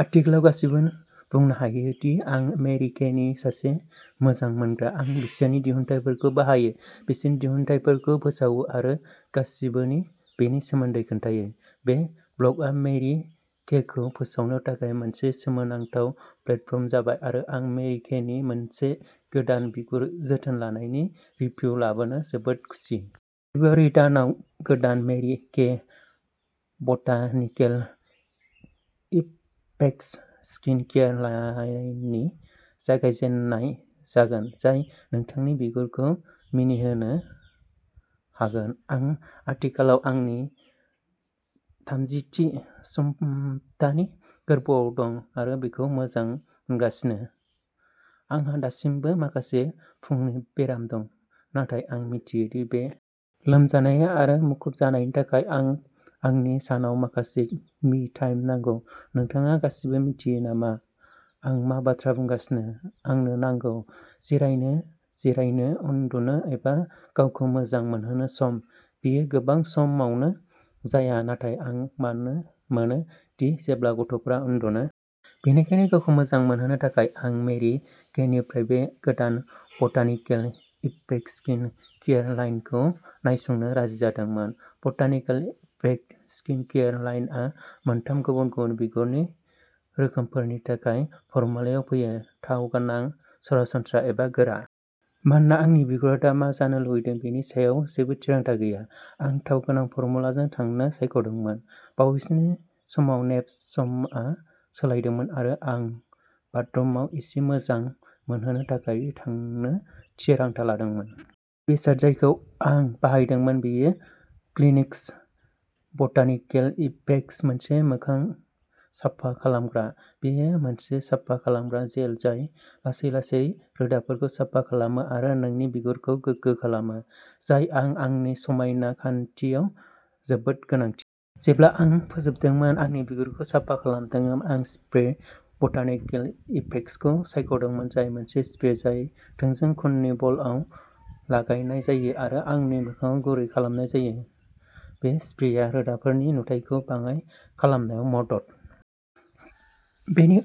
आथिखालाव गासैबो बुंनो हायोदि, आं मेरि केनि सासे मोजां मोनग्रा। आं बिसोरनि दिहुनथायफोरखौ बाहायो, बिसोरनि दिहुनथायफोरखौ फोसावो आरो गासिबोनो बेनि सोमोन्दै खोन्थायो! बे ब्ल'गआ मेरि केखौ फोसावनो थाखाय मोनसे सोमोनांथाव प्लेटफर्म जाबाय आरो आं मेरि केनि मोनसे गोदान बिगुर जोथोन लाइननि रिभिउ लाबोना जोबोद खुसि! फेब्रुआरि दानाव गोदान Mary Kay botanical effects skin care लाइननि जागायजेननाय जागोन, जाय नोंथांनि बिगुरखौ मिनिहोनो हागोन! आं आथिखालाव आंनि थामजिथि सब्थानि गोर्बोआव दं आरो बेखौ मोजां मोनगासिनो! आंहा दासिमबो माखासे फुंनि बेराम दं, नाथाय आं मिथियो दि बेयो एसे समनि थाखाय जागोन आरो जों जोंनि गोदान फैनायखौ गोसो गुदुंयै नेगासिनो दं! लोमजानाया आरो मुखुब जानायनि थाखाय आं आंनि सानाव माखासे "मि टाइम" नांगौ। नोंथाङा गासिबो मिथियो नामा आं मा बाथ्रा बुंगासिनो? आंनो नांगौ। जिरायनो, जिरायनो, उन्दुनो एबा गावखौ मोजां मोनहोनो सम। बेयो गोबां समावनो जाया नाथाय आं मोनो दि जेब्ला गथ'फोरा उन्दुनो ओंखारो, अब्ला बेयो आंनि "आंनि सम"। बेनिखायनो, गावखौ मोजां मोनहोनो थाखाय आं मेरि केनिफ्राय बे गोदान बटानिकेल इफेक्ट स्किन केयार लाइनखौ नायसंनो राजि जादोंमोन। बटानिकेल इफेक्ट स्किन केयार लाइनआ मोनथाम गुबुन-गुबुन बिगुरनि रोखोमफोरनि थाखाय फर्मुलायाव फैयोः थाव गोनां, सरासनस्रा एबा गोरान। मानोना आंनि बिगुरा दा मा जानो लुबैदों बेनि सायाव जेबो थिरांथा गैया, आं थाव गोनां फर्मुलाजों थांनो सायख'दोंमोन। बावैसोनि समाव नेप समआ सोलायदोंमोन आरो आं बाथरुमाव एसे मोजां मोनहोनो थाखाय थांनो थिरांथा लादोंमोन।: गिबि बेसाद जायखौ आं बाहायदोंमोन बेयो "क्लिनस" बटानिकेल इफेक्टस, मोनसे मोखां साफा खालामग्रा। बेयो मोनसे साफा खालामग्रा जेल जाय लासै-लासै रोदाफोरखौ साफा खालामो आरो नोंनि बिगुरखौ गोगो खालामो... जाय आं आंनि समायना खान्थियाव जोबोद गोनांथि। जेब्ला आं फोजोबदोंमोन। आंनि बिगुरखौ साफा खालामनायजों, आं "फ्रेशेन" बटानिकेल इफेक्ट्सखौ सायख'दोंमोन, जाय मोनसे स्प्रे जाय थोंजों खुननि बलआव लागायनाय जायो आरो आंनि मोखांआव गुरै खालामनाय जायो। बे स्प्रेया रोदाफोरनि नुथायखौ बाङाइ खालामनायाव मदद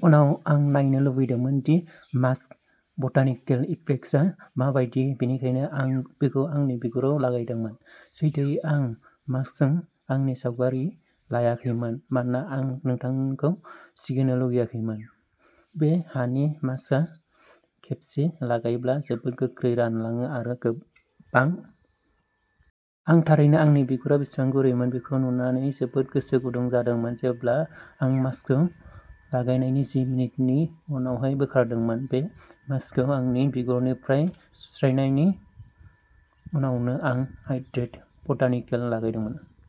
खालामो, बांद्राय थावखौ बोखारो आरो बिगुरखौ फोरानालाबानो रोखा खालामो। बेनि उनाव, आं नायनो लुबैदोंमोन दि "मास्क" बटानिकेल इफेक्ट्सआ मा बायदि, बेनिखायनो आं बेखौ आंनि बिगुराव लागायदोंमोन। सैथोयै, आं मास्कजों आंनि सावगारि लायाखैमोन, मानोना आं नोंथांखौ सिगिनो लुगैयाखैमोन!! बे हानि मास्कआ खेबसे लागायब्ला जोबोद गोख्रै रानलाङो आरो बांद्राय थावखौ दबथायनाय आरो नोंनि रोदाफोरखौ सोदांनो थाखाय बिगुरखौ बारहावायारि मैलाफोरनिफ्राय साफा खालामनो थाखाय बानायनाय। आं थारैनो आंनि बिगुरा बेसेबां गुरैमोन बेखौ नुनानै जोबोद गोसो गुदुं जादोंमोन जेब्ला आं मास्कखौ लागायनायनि जि मिनिट उनाव बोखारदोंमोन! बे मास्कखौ आंनि बिगुरनिफ्राय सुस्रानायनि उनावनो, आं "हाइड्रेट" बटानिकेलखौ लागायदोंमोन।